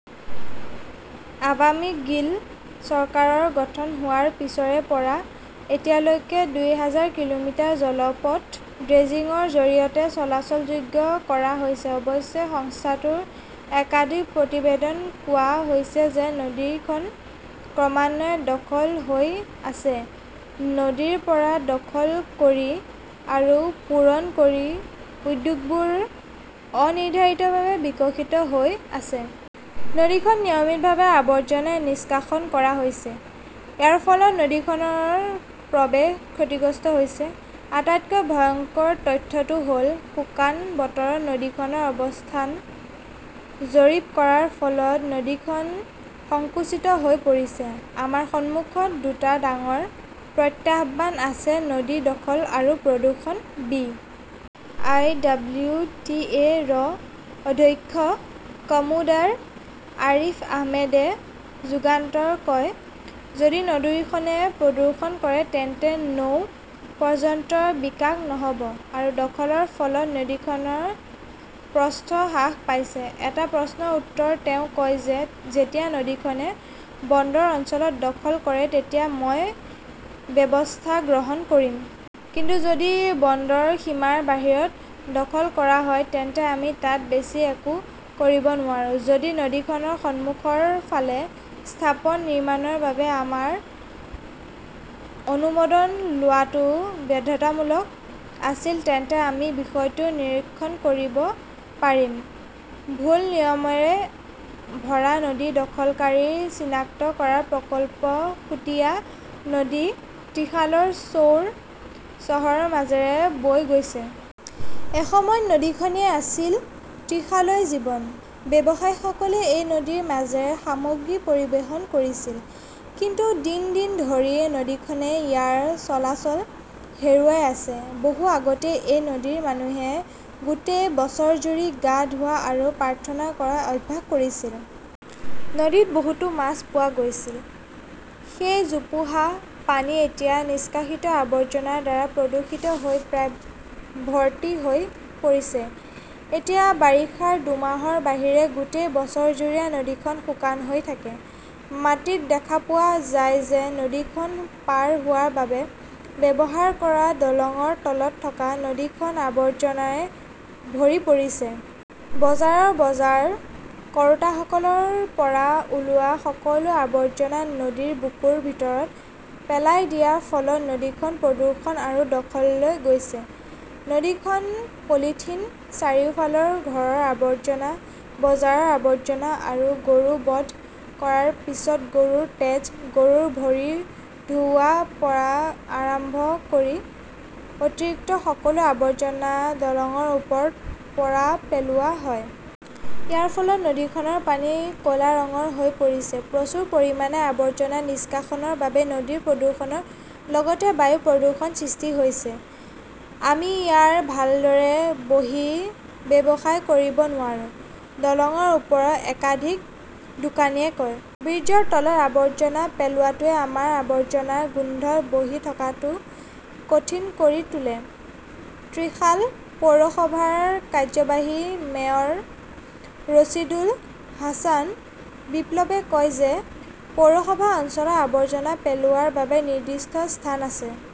Awami League চৰকাৰ গঠন হোৱাৰ পিছৰে পৰা এতিয়ালৈকে দুই হাজাৰ কিলোমিটাৰ জলপথ ড্ৰেজিংৰ জৰিয়তে চলাচলযোগ্য কৰা হৈছে। অৱশ্যে, সংস্থাটোৰ একাধিক প্ৰতিবেদনত কোৱা হৈছে যে নদীখন ক্ৰমান্বয়ে দখল হৈ আছে। নদীৰ পাৰ দখল কৰি আৰু পূৰণ কৰি উদ্যোগবোৰ অনিৰ্ধাৰিতভাৱে বিকশিত হৈ আছে। নদীখনত নিয়মিতভাৱে আৱৰ্জনা নিষ্কাশন কৰা হৈছে। ইয়াৰ ফলত নদীখনৰ পৰিৱেশ ক্ষতিগ্ৰস্ত হৈছে। আটাইতকৈ ভয়ংকৰ তথ্যটো হ'ল, শুকান বতৰত নদীখনৰ অৱস্থানৰ জৰীপ কৰাৰ ফলত নদীখন সংকুচিত হৈ পৰিছে। "আমাৰ সন্মুখত দুটা ডাঙৰ প্ৰত্যাহ্বান আছে-নদী দখল আৰু প্ৰদূষণ ", বি. আই. ডব্লিউ. টি. এ.ৰ অধ্যক্ষ কমোডাৰ আৰিফ আহমেদে যুগান্তৰক কয়। যদি নদীখনে প্ৰদূষণ কৰে তেন্তে নৌ পৰ্যটনৰ বিকাশ নহ'ব আৰু দখলৰ ফলত নদীখনৰ প্ৰস্থ হ্ৰাস পাইছে। এটা প্ৰশ্নৰ উত্তৰত তেওঁ কয় যে যেতিয়া নদীখনে বন্দৰ অঞ্চলত দখল কৰে তেতিয়া মই ব্যৱস্থা গ্ৰহণ কৰিম। কিন্তু যদি বন্দৰৰ সীমাৰ বাহিৰত দখল কৰা হয়, তেন্তে আমি তাত বেছি একো কৰিব নোৱাৰো। যদি নদীখনৰ সন্মুখৰ ফালে স্থাপন নিৰ্মাণৰ বাবে আমাৰ অনুমোদন লোৱাটো বাধ্যতামূলক আছিল তেন্তে আমি বিষয়টো নিৰীক্ষণ কৰিব পাৰিম। ভুল-অনিয়মৰে ভৰা নদী দখলকাৰীক চিনাক্ত কৰাৰ প্ৰকল্প সুতিয়া নদী ত্ৰিশালৰ পৌৰ চহৰৰ মাজেৰে বৈ গৈছে। এসময়ত নদীখনেই আছিল ত্ৰিশালৰ জীৱন। ব্যৱসায়ীসকলে এই নদীৰ মাজেৰে সামগ্ৰী পৰিবহণ কৰিছিল। কিন্তু দিন দিন ধৰি নদীখনে ইয়াৰ চলাচল হেৰুৱাই আছে। বহু আগতেই এই নদীত মানুহে গোটেই বছৰজুৰি গা ধোৱা আৰু প্ৰাৰ্থনা কৰাৰ অভ্যাস কৰিছিল। নদীত বহুতো মাছ পোৱা গৈছিল। সেই জোপোহা পানী এতিয়া নিষ্কাশিত আৱৰ্জনাৰ দ্বাৰা প্ৰদূষিত হৈ প্ৰায় ভৰ্তি হৈ পৰিছে। এতিয়া বাৰিষাৰ দুমাহৰ বাহিৰে গোটেই বছৰজুৰি নদীখন শুকান হৈ থাকে। মাটিত দেখা পোৱা যায় যে নদীখন পাৰ হোৱাৰ বাবে ব্যৱহাৰ কৰা দলংৰ তলত থকা নদীখন আবৰ্জনাৰে ভৰি পৰিছে। বজাৰৰ বজাৰ কৰোঁতাসকলৰ পৰা ওলোৱা সকলো আৱৰ্জনা নদীৰ বুকুৰ ভিতৰত পেলাই দিয়াৰ ফলত নদীখন প্ৰদূষণ আৰু দখললৈ গৈছে। নদীখনত পলিথিন, চাৰিওফালৰ ঘৰৰ আৱৰ্জনা, বজাৰৰ আৱৰ্জনা আৰু গৰু বধ কৰাৰ পিছত গৰুৰ তেজ, গৰু, ভৰি ধোৱাৰ পৰা আৰম্ভ কৰি অতিৰিক্ত সকলো আৱৰ্জনা দলংৰ ওপৰৰ পৰা পেলোৱা হয়। ইয়াৰ ফলত নদীখনৰ পানী ক 'লা ৰঙৰ হৈ পৰিছে। প্ৰচুৰ পৰিমাণে আৱৰ্জনা নিষ্কাশনৰ বাবে নদীৰ প্ৰদূষণৰ লগতে বায়ু প্ৰদূষণৰ সৃষ্টি হৈছিল। "আমি ইয়াত ভালদৰে বহি ব্যৱসায় কৰিব নোৱাৰো ", দলংৰ ওচৰৰ একাধিক দোকানীয়ে কয়। ব্ৰীজৰ তলত আৱৰ্জনা পেলোৱাটোৱে আমাক আৱৰ্জনাৰ গোন্ধত বহি থকাটো কঠিন কৰি তোলে। ত্ৰিশাল পৌৰসভাৰ কাৰ্যবাহী মেয়ৰ ৰছিদুল হাছান বিপ্লৱে কয় যে পৌৰসভা অঞ্চলত আৱৰ্জনা পেলোৱাৰ বাবে নিৰ্দিষ্ট স্থান আছে।